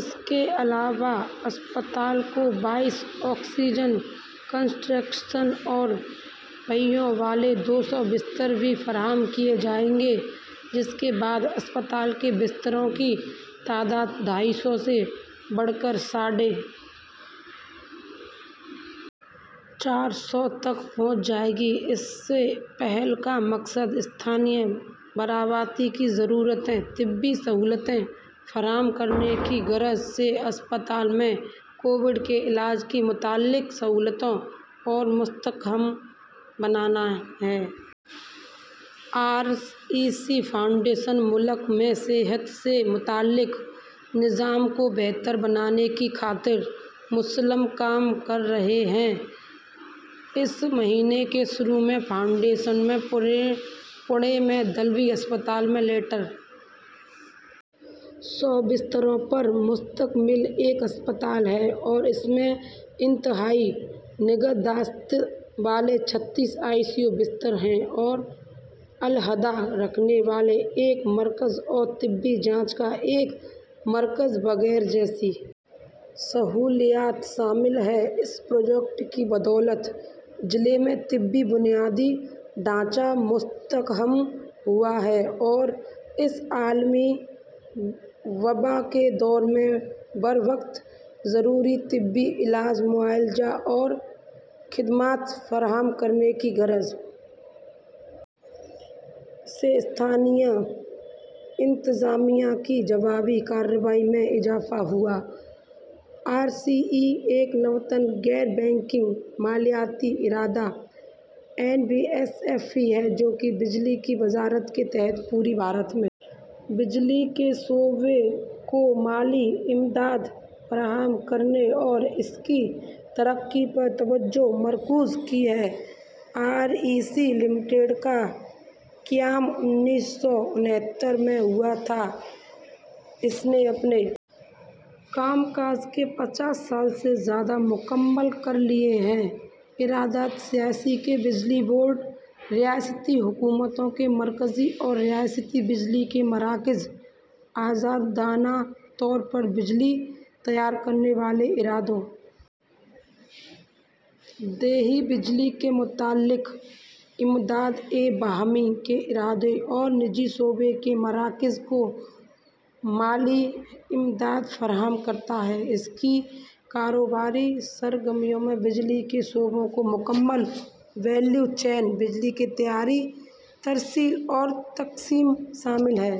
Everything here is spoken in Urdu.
اس کے علاوہ اسپتال کو بائیس آکسیجن کنسنٹریٹرز اور پہیوں والے دو سو بستر بھی فراہم کیے جائیں گے جس کے بعد اسپتال کے بستروں کی تعداد ڈھائی سو سے بڑھ کر ساڑھے چار سو تک پہنچ جائے گی اس پہل کا مقصد مقامی برادری کو ضروری طبی سہولیات فراہم کرنے کی غرض سے اسپتال میں کووڈ کے علاج سے متعلق سہولیات کو مستحکم بنانا ہے آر ای سی فاؤنڈیشن ملک میں صحت سے متعلق نظام کو بہتر بنانے کی خاطر مسلسل کام کر رہی ہے اس مہینے کے شروع میں فاؤنڈیشن نے پونے میں دلوی اسپتال میں لیٹر سو بستروں پر مشتمل ایک اسپتال ہے اور اس میں انتہائی نگہداشت والے چھتیس آئی سی یو بستر اور الگ تھلگ رکھنے والا ایک مرکز اور طبی جانچ کا ایک مرکز وغیرہ جیسی سہولیات شامل ہیں اس پروجیکٹ کی بدولت ضلع میں طبی بنیادی ڈھانچہ مستحکم ہوا ہے اور اس عالمی وبا کے دور میں بروقت ضروری طبی علاج معالجہ اور خدمات فراہم کرنے کی غرض سے مقامی انتظامیہ کی جوابی کارروائی میں اضافہ ہوا ہے آر ای سی ایک نورتن غیر بینکنگ مالیاتی ادارہ این بی ایف سی ہے جو بجلی کی وزارت کے تحت پورے بھارت میں بجلی کے شعبے کو مالی امداد فراہم کرنے اور اس کی ترقی پر توجہ مرکوز کرتا ہے آر ای سی لمیٹڈ کا قیام انیس سو انہتر میں ہوا تھا اور اس نے اپنے کام کاج کے پچاس سال سے زیادہ مکمل کر لیے ہیں یہ ادارہ ریاستوں کے بجلی بورڈ ریاستی حکومتوں مرکزی اور ریاستی بجلی کے مراکز آزادانہ طور پر بجلی تیار کرنے والے اداروں دیہی بجلی سے متعلق امداد باہمی کے اداروں اور نجی شعبے کے مراکز کو مالی امداد فراہم کرتا ہے اس کی کاروباری سرگرمیوں میں بجلی کے شعبے کی مکمل ویلیو چین بجلی کی تیاری ترسیل اور تقسیم شامل ہیں